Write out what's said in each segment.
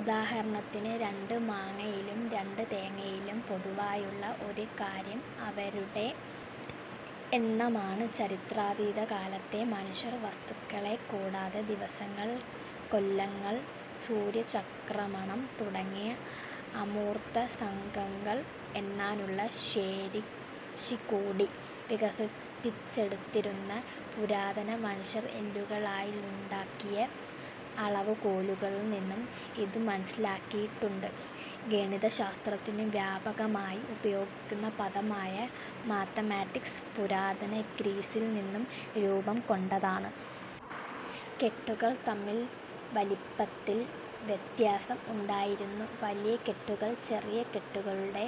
ഉദാഹരണത്തിന് രണ്ട് മാങ്ങയിലും, രണ്ട് തേങ്ങയിലും പൊതുവായുള്ള ഒരു കാര്യം അവയുടെ എണ്ണമാണ്. ചരിത്രാതീതകാലത്തെ മനുഷ്യർ വസ്തുക്കളെ കൂടാതെ, ദിവസങ്ങൾ, കൊല്ലങ്ങൾ, സൂര്യചക്രമണം തുടങ്ങിയ അമൂർത്ത സംഖ്യകൾ എണ്ണാനുള്ള ശേഷികൂടി വികസിപ്പിച്ചെടുത്തിരുന്നു. പുരാതന മനുഷ്യർ എല്ലുകളാലുണ്ടാക്കിയ അളവുകോലുകളിൽ നിന്നും ഇതു് മനസ്സിലാക്കിയിട്ടുണ്ട് ഗണിതശാസ്ത്രത്തിനു് വ്യാപകമായി ഉപയോഗിക്കുന്ന പദമായ മാത്താമാറ്റിക്സ്, പുരാതന ഗ്രീസിൽ നിന്നും രൂപംകൊണ്ടതാണ്. കെട്ടുകൾ തമ്മിൽ വലിപ്പത്തിൽ വ്യത്യാസം ഉണ്ടായിരുന്നു. വലിയ കെട്ടുകൾ ചെറിയ കെട്ടുകളുടെ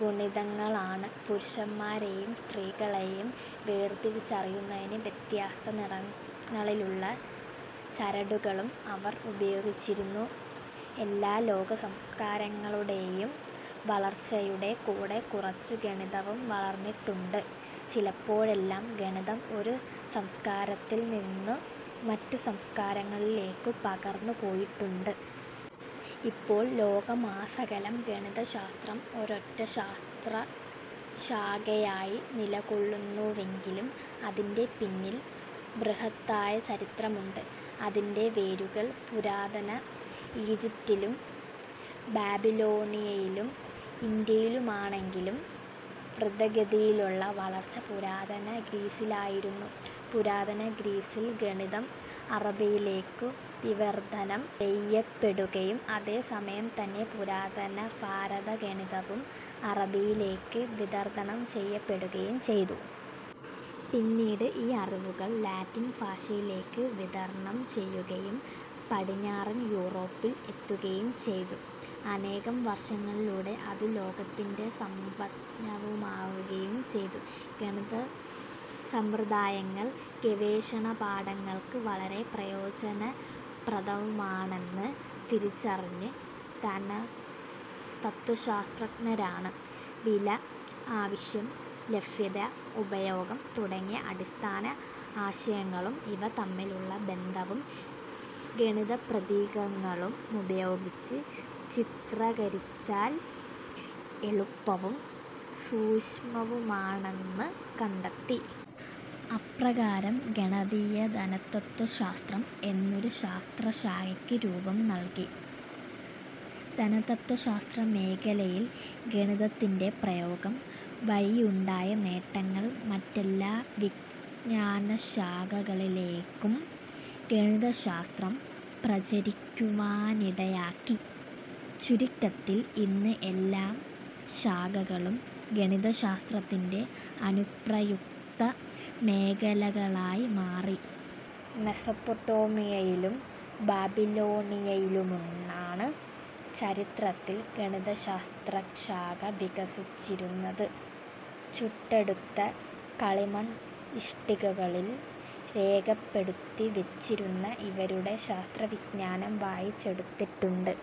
ഗുണിതങ്ങളാണ്. പുരുഷന്മാരെയും സ്ത്രീകളേയും വേർതിരിച്ചറിയുന്നതിന് വ്യത്യസ്ത നിറങ്ങളിലുള്ള ചരടുകളും അവർ ഉപയോഗിച്ചിരുന്നു എല്ലാ ലോക സംസ്ക്കാരങ്ങളുടെയും വളർച്ചയുടെ കൂടെ കുറച്ചു ഗണിതവും വളർന്നിട്ടുണ്ട്. ചിലപ്പോഴെല്ലാം, ഗണിതം ഒരു സംസ്ക്കാരത്തിൽ നിന്നു മറ്റു സംസ്ക്കാരങ്ങളിലേയ്ക്കു പകർന്നു പോയിട്ടുണ്ട്. ഇപ്പോൾ ലോകമാസകലം ഗണിതശാസ്ത്രം ഒരൊറ്റ ശാസ്ത്രശാഖയായി നിലകൊള്ളുന്നുവെങ്കിലും, അതിന്റെ പിന്നിൽ ബൃഹത്തായ ചരിത്രമുണ്ട്. അതിന്റെ വേരുകൾ പുരാതന ഈജിപ്തിലും, ബാബിലോണിയയിലും, ഇന്ത്യയിലുമാണെങ്കിലും, ധൃതഗതിയിലുള്ള വളർച്ച പുരാതന ഗ്രീസിലായിരുന്നു. പുരാതന ഗ്രീസിൽ ഗണിതം അറബിയിലേയ്ക്കു വിവർത്തനം ചെയ്യപ്പെടുകയും, അതേ സമയം തന്നെ പുരാതനഭാരത ഗണിതവും അറബിയിലേക്ക് വിവർത്തനം ചെയ്യപ്പെടുകയും ചെയ്തു. പിന്നീടു് ഈ അറിവുകൾ ലാറ്റിൻ ഭാഷയിലേക്ക് വിവർത്തനം ചെയ്യുകയും പടിഞ്ഞാറൻ യൂറോപ്പിൽ എത്തുകയും ചെയ്തു. അനേകം വർഷങ്ങളിലൂടെ അതു ലോകത്തിന്റെ സമ്പത്താവുകയും ചെയ്തു. ഗണിതസമ്പ്രദായങ്ങൾ ഗവേഷണപഠനങ്ങൾക്ക് വളരെ പ്രയോജനപ്രദമാണെന്ന് തിരിച്ചറിഞ്ഞത് ധനതത്വശാസ്ത്രജ്ഞരാണ്. വില, ആവശ്യം, ലഭ്യത, ഉപയോഗം തുടങ്ങിയ അടിസ്ഥാന ആശയങ്ങളും ഇവ തമ്മിലുള്ള ബന്ധവും ഗണിതപ്രതീകങ്ങളുപയോഗിച്ച് ചിത്രീകരിച്ചാൽ എളുപ്പവും സൂക്ഷ്മവുമാകുമെന്ന് കണ്ടെത്തി. അപ്രകാരം ഗണിതീയ ധനതത്വശാസ്ത്രം എന്നൊരു ശാസ്ത്രശാഖക്ക് രൂപം നൽകി. ധനതത്വശാസ്ത്രമേഖലയിൽ ഗണിതത്തിന്റെ പ്രയോഗം വഴിയുണ്ടായ നേട്ടങ്ങൾ മറ്റെല്ലാ വിജ്ഞാനശാഖകളിലേക്കും ഗണിതശാസ്ത്രം പ്രചരിക്കുവാനിടയാക്കി. ചുരുക്കത്തിൽ ഇന്ന് എല്ലാ ശാഖകളും ഗണിതശാസ്ത്രത്തിന്റെ അനുപ്രയുക്ത മേഖലകളായി മാറി. മെസ്സൊപ്പൊട്ടോമിയയിലും ബാബിലോണിയയിലുമാണ് ചരിത്രത്തിൽ ഗണിതശാസ്ത്രശാഖ വികസിച്ചിരുന്നത്. ചുട്ടെടുത്ത കളിമൺ ഇഷ്ടികകളിൽ രേഖപ്പെടുത്തി വെച്ചിരുന്ന ഇവരുടെ ശാസ്ത്രവിജ്ഞാനം വായിച്ചെടുത്തിട്ടുണ്ട്.